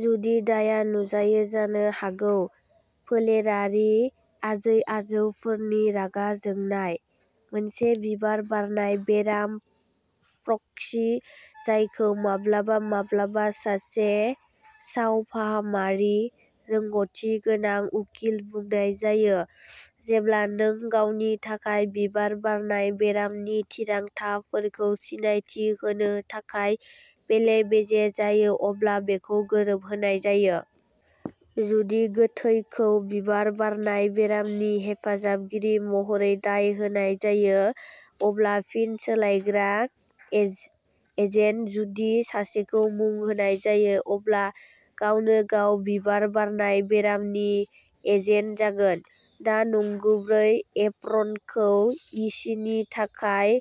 जुदि दायआ नुजायो जानो हागौ फोलेरारि आजै-आजौफोरनि रागा जोंनाय। मोनसे बिबार बारनाय बेराम प्रक्सि जायखौ माब्लाबा माब्लाबा सासे सावफाहामारि रोंग'थि गोनां उखिल बुंनाय जायो जेब्ला नों गावनि थाखाय बिबार बारनाय बेरामनि थिरांथाफोरखौ सिनायथि होनो थाखाय बेले-बेजे जायो अब्ला बेखौ गोरोबहोनाय जायो। जुदि गोथैखौ बिबार बारनाय बेरामनि हेफाजाबगिरि महरै दाय होनाय जायो अब्ला फिन सोलायग्रा एजेन्ट जुदि सासेखौ मुं होनाय जायो अब्ला गावनो-गाव बिबार बारनाय बेरामनि एजेन्ट जागोन। दा नंगुबै एप्रनखौ यिसिनि थाखाय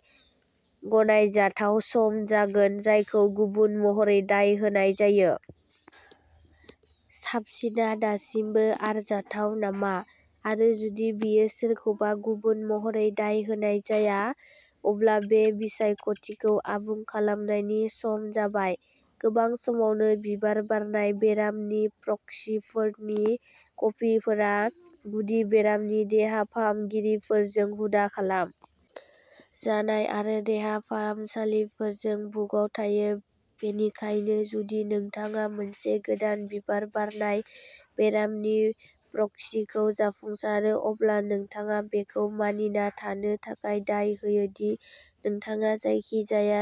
गनायजाथाव सम जागोन जायखौ गुबुन महरै दाय होनाय जायो। साबसिनआ दासिमबो आरजाथाव नामा? आरो जुदि बियो सोरखौबा गुबुन महरै दाय होनाय जाया अब्ला बे बिसायख'थिखौ आबुं खालामनायनि सम जाबाय। गोबां समावनो बिबार बारनाय बेरामनि प्रक्सिफोरनि कपिफोरा गुदि बेरामनि देहा फाहामगिरिफोरजों हुदा खालाम जानाय आरो देहा फाहामसालिफोरजों बुकआव थायो बेनिखायनो जुदि नोंथाङा मोनसे गोदान बिबार बारनाय बेरामनि प्रक्सिखौ जाफुंसारो अब्ला नोंथाङा बेखौ मानिना थानो थाखाय दाय होयो दि नोंथाङा जायखिजाया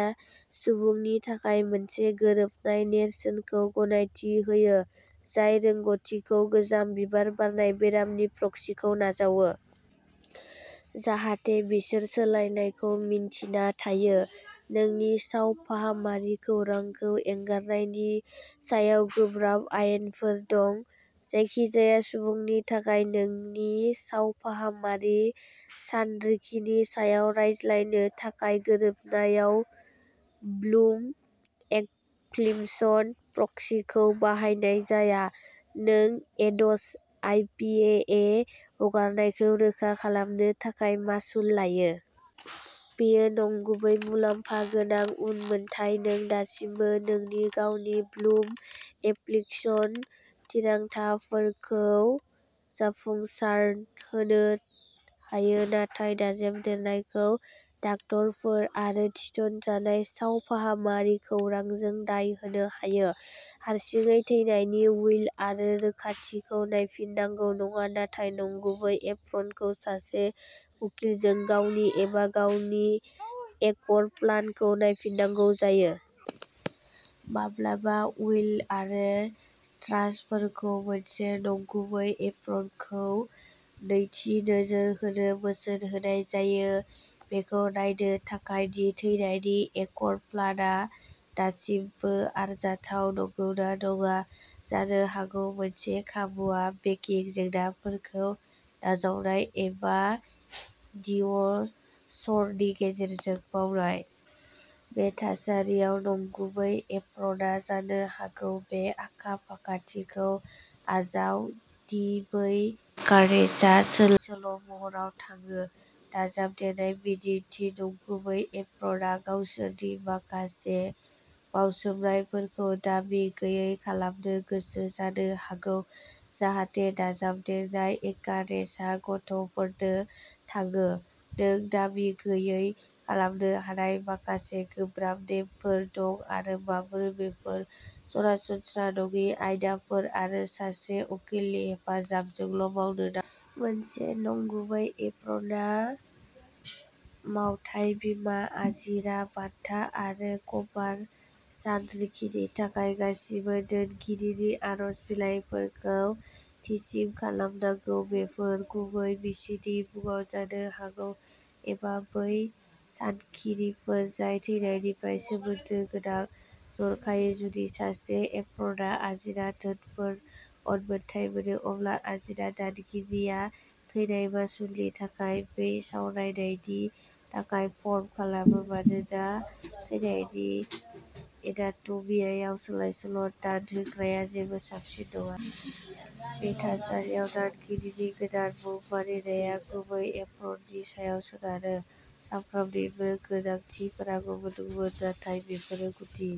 सुबुंनि थाखाय मोनसे गोरोबनाय नेरसोनखौ गनायथि होयो जाय रोंग'थिखौ गोजाम बिबार बारनाय बेरामनि प्रक्सिखौ नाजावो। जाहाथे बिसोर सोलायनायखौ मिन्थिना थायो। नोंनि सावफाहामारि खौरांखौ एंगारनायनि सायाव गोब्राब आयेनफोर दं। जायखिजाया सुबुंनि थाखाय नोंनि सावफाहामारि सानरिखिनि सायाव रायज्लायनो थाखाय गोरोबनायाव ब्लुम एफ्लिक्शन प्रक्सिखौ बाहायनाय जाया नों ऐडस आइ पि ए ए हगारनायखौ रोखा खालामनो थाखाय मासुल लायो। बेयो नंगुबै मुलाम्फा गोनां उनमोनथाय नों दासिमबो नोंनि गावनि ब्लुम एफ्लिक्शन थिरांथाफोरखौ जाफुंसारहोनो हायो नाथाय दाजाबदेरनायखौ दाक्ट'रफोर आरो थिसनजानाय सावफाहामारि खौरांजों दाय होनो हायो। हारसिङै थैनायनि उइल आरो रोखाथिखौ नायफिननांगौ नङा नाथाय नंगुबै एप्रनखौ सासे उखिलजों गावनि एबा गावनि एकर प्लानखौ नायफिननांगौ जायो। माब्लाबा उइल आरो ट्रास्टफोरखौ मोनसे नंगुबै एप्रनखौ "नैथि नोजोर" होनो बोसोन होनाय जायो बेखौ नायनो थाखाय दि थैनायनि एकर प्लानआ दासिमबो आरजाथाव नंगौना नङा। जानो हागौ मोनसे खाबुआ बेकिं जेंनाफोरखौ नाजावनाय एबा डिव'र्सनि गेजेरजों मावनाय। बे थासारियाव नंगुबै एप्रनआ जानो हागौ। बे आखा-फाखाथिखौ आजाव दि बै एकारेजआ सोलाय-सोल'महराव थाङो। दाजाबदेरनाय बिदिन्थि गुबै एप्रनआ गावसोरनि माखासे बावसोमनायफोरखौ "दाबि गैयै" खालामनो गोसो जानो हागौ जाहाथे दाजाबदेरनाय एकारेजआ गथ'फोरनो थाङो। नों दाबि गैयै खालामनो हानाय माखासे गोब्राब नेमफोर दं आरो माबोरै बेफोर सरासनस्रा नङि आयदाफोर आरो सासे उखिलनि हेफाजाबजोंल' मावनो नांगौ। मोनसे नंगुबै एप्रनआ मावथाय बीमा, आजिरा, बानथा आरो कफार सानरिखिनि थाखाय गासिबो दोनगिरिनि आरज बिलाइफोरखौ थिसिस खालामनांगौ। बेफोर गुबै बिसिनि मुंआव जानो हागौ एबा बै सानरिखिफोर जाय थैनायनिफ्राय सोमोन्दो गोनां। जर'खायै जुदि सासे एप्रनआ आजिरा धोनफोर उनमोनथाय मोनो अब्ला आजिरा दानगिरिया थैनाय मासुलनि थाखाय बि सावरायनायनि थाखाय फर्म खालामो मानोना थैनायनि एनाट'मीयाव सोलाय-सोल' दान होग्रया जेबो साबसिन नङा। बे थासारियाव दानगिरिनि गोदान मुं मानिनाया गुबै एप्रननि सायाव सोनारो। साफ्रोमनिबो गोनांथिफोरा गुबुन-गुबुन नाथाय बेफोरो गुदि।